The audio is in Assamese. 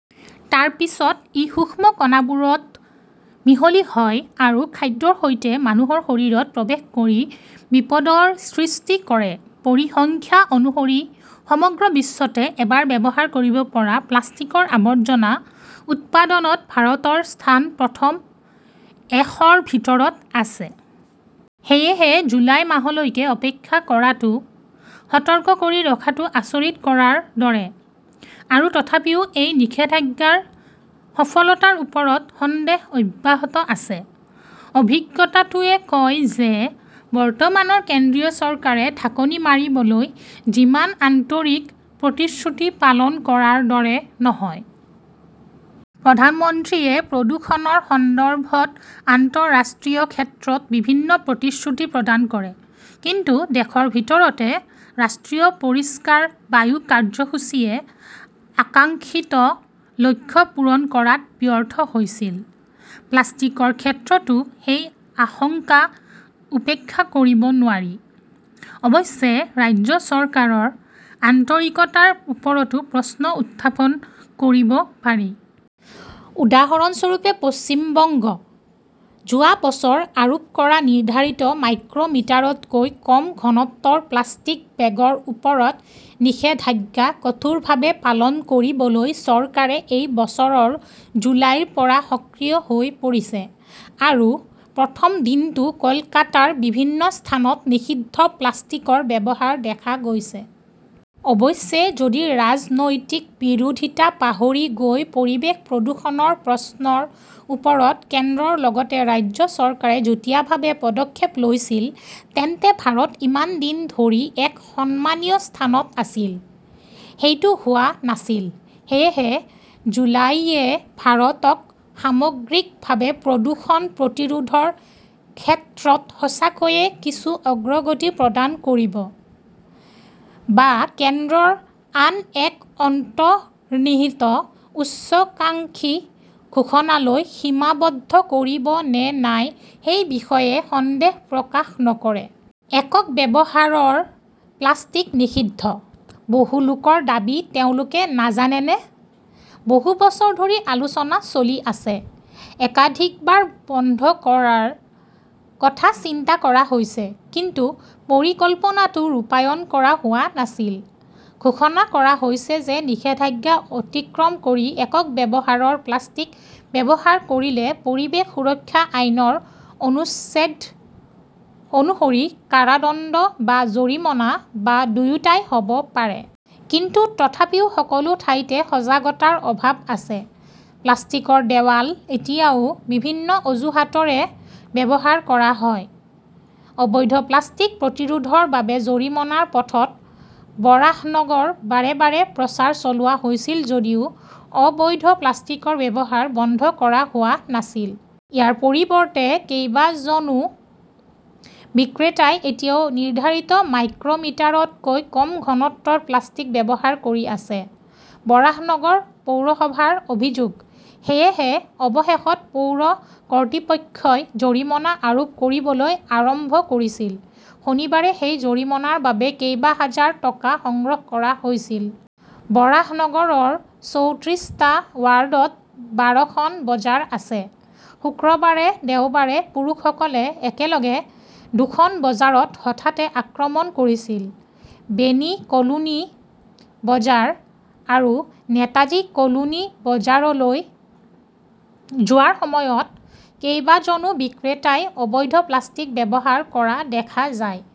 তাৰ পিছত ই সূক্ষ্ম কণাবোৰত মিহলি হয় আৰু খাদ্যৰ সৈতে মানুহৰ শৰীৰত প্ৰৱেশ কৰি বিপদৰ সৃষ্টি কৰে। পৰিসংখ্যা অনুসৰি সমগ্ৰ বিশ্বতে এবাৰ ব্যৱহাৰ কৰিব পৰা প্লাষ্টিকৰ আৱৰ্জনা উৎপাদনত ভাৰতৰ স্থান প্ৰথম এশৰ ভিতৰত আছে। সেয়েহে, জুলাই মাহলৈকে অপেক্ষা কৰাটো, সতৰ্ক কৰি ৰখাটো আচৰিত কৰাৰ দৰে। আৰু তথাপিও এই নিষেধাজ্ঞাৰ সফলতাৰ ওপৰত সন্দেহ অব্যাহত আছে। অভিজ্ঞতাটোৱে কয় যে বৰ্তমানৰ কেন্দ্ৰীয় চৰকাৰে ঢাকনি মাৰিবলৈ যিমান আন্তৰিক, প্ৰতিশ্ৰুতি পালন কৰাৰ দৰে নহয়। প্ৰধানমন্ত্ৰীয়ে প্ৰদূষণৰ সন্দৰ্ভত আন্তঃৰাষ্ট্ৰীয় ক্ষেত্ৰত বিভিন্ন প্ৰতিশ্ৰুতি প্ৰদান কৰে। কিন্তু দেশৰ ভিতৰতে ৰাষ্ট্ৰীয় পৰিষ্কাৰ বায়ু কাৰ্যসূচীয়ে আকাংক্ষিত লক্ষ্য পূৰণ কৰাত ব্যৰ্থ হৈছিল। প্লাষ্টিকৰ ক্ষেত্ৰতো সেই আশংকা উপেক্ষা কৰিব নোৱাৰি। অৱশ্যে, ৰাজ্য চৰকাৰৰ আন্তৰিকতাৰ ওপৰতো প্ৰশ্ন উত্থাপন কৰিব পাৰি। উদাহৰণস্বৰূপে, পশ্চিমবংগ। যোৱা বছৰ আৰোপ কৰা নিৰ্ধাৰিত মাইক্ৰমিটাৰতকৈ কম ঘনত্বৰ প্লাষ্টিক বেগৰ ওপৰত নিষেধাজ্ঞা কঠোৰভাৱে পালন কৰিবলৈ চৰকাৰে এই বছৰৰ জুলাইৰ পৰা সক্ৰিয় হৈ পৰিছে। আৰু প্ৰথম দিনতো কলকাতাৰ বিভিন্ন স্থানত নিষিদ্ধ প্লাষ্টিকৰ ব্যৱহাৰ দেখা গৈছে। অৱশ্যে, যদি ৰাজনৈতিক বিৰোধিতা পাহৰি গৈ পৰিৱেশ প্ৰদূষণৰ প্ৰশ্নৰ ওপৰত কেন্দ্ৰৰ লগতে ৰাজ্য চৰকাৰে যুটীয়াভাৱে পদক্ষেপ লৈছিল তেন্তে ভাৰত ইমান দিন ধৰি এক সন্মানীয় স্থানত আছিল। সেইটো হোৱা নাছিল। সেয়েহে, জুলাইয়ে ভাৰতক সামগ্ৰিকভাৱে প্ৰদূষণ প্ৰতিৰোধৰ ক্ষেত্ৰত সঁচাকৈয়ে কিছু অগ্ৰগতি প্ৰদান কৰিব, বা কেন্দ্ৰৰ আন এক অন্তৰ্নিহিত উচ্চাকাংক্ষী ঘোষণালৈ সীমাবদ্ধ কৰিব নে নাই সেই বিষয়ে সন্দেহ প্ৰকাশ নকৰে। একক ব্যৱহাৰৰ প্লাষ্টিক নিষিদ্ধ, বহু লোকৰ দাবী তেওঁলোকে নাজানেনে? বহু বছৰ ধৰি আলোচনা চলি আছে। একাধিকবাৰ বন্ধ কৰাৰ কথা চিন্তা কৰা হৈছে। কিন্তু পৰিকল্পনাটো ৰূপায়ণ কৰা হোৱা নাছিল। ঘোষণা কৰা হৈছে যে নিষেধাজ্ঞা অতিক্ৰম কৰি একক ব্যৱহাৰৰ প্লাষ্টিক ব্যৱহাৰ কৰিলে পৰিৱেশ সুৰক্ষা আইনৰ অনুচ্ছেদ অনুসৰি কাৰাদণ্ড বা জৰিমনা বা দুয়োটাই হ'ব পাৰে। কিন্তু তথাপিও সকলো ঠাইতে সজাগতাৰ অভাৱ আছে। প্লাষ্টিকৰ দেৱাল এতিয়াও বিভিন্ন অজুহাতৰে ব্যৱহাৰ কৰা হয়। অবৈধ প্লাষ্টিক প্ৰতিৰোধৰ বাবে জৰিমনাৰ পথত বৰাহনগৰ বাৰে বাৰে প্ৰচাৰ চলোৱা হৈছিল যদিও অবৈধ প্লাষ্টিকৰ ব্যৱহাৰ বন্ধ কৰা হোৱা নাছিল। ইয়াৰ পৰিৱৰ্তে, কেইবাজনো বিক্ৰেতাই এতিয়াও নিৰ্ধাৰিত মাইক্ৰমিটাৰতকৈ কম ঘনত্বৰ প্লাষ্টিক ব্যৱহাৰ কৰি আছে, বৰাহনগৰ পৌৰসভাৰ অভিযোগ। সেয়েহে অৱশেষত পৌৰ কৰ্তৃপক্ষই জৰিমনা আৰোপ কৰিবলৈ আৰম্ভ কৰিছিল। শনিবাৰে সেই জৰিমনাৰ বাবে কেইবাহাজাৰ টকা সংগ্ৰহ কৰা হৈছিল। বৰাহনগৰৰ চৌত্ৰিশটা ৱাৰ্ডত বাৰখন বজাৰ আছে। শুক্ৰবাৰে দেওবাৰে পুৰুষসকলে একেলগে দুখন বজাৰত হঠাতে আক্ৰমণ কৰিছিল। বেনী কলোনী বজাৰ আৰু‌ নেতাজী কলোনী বজাৰলৈ যোৱাৰ সময়ত কেইবাজনো বিক্ৰেতাই অবৈধ প্লাষ্টিক ব্যৱহাৰ কৰা‌‌ দেখা যায়।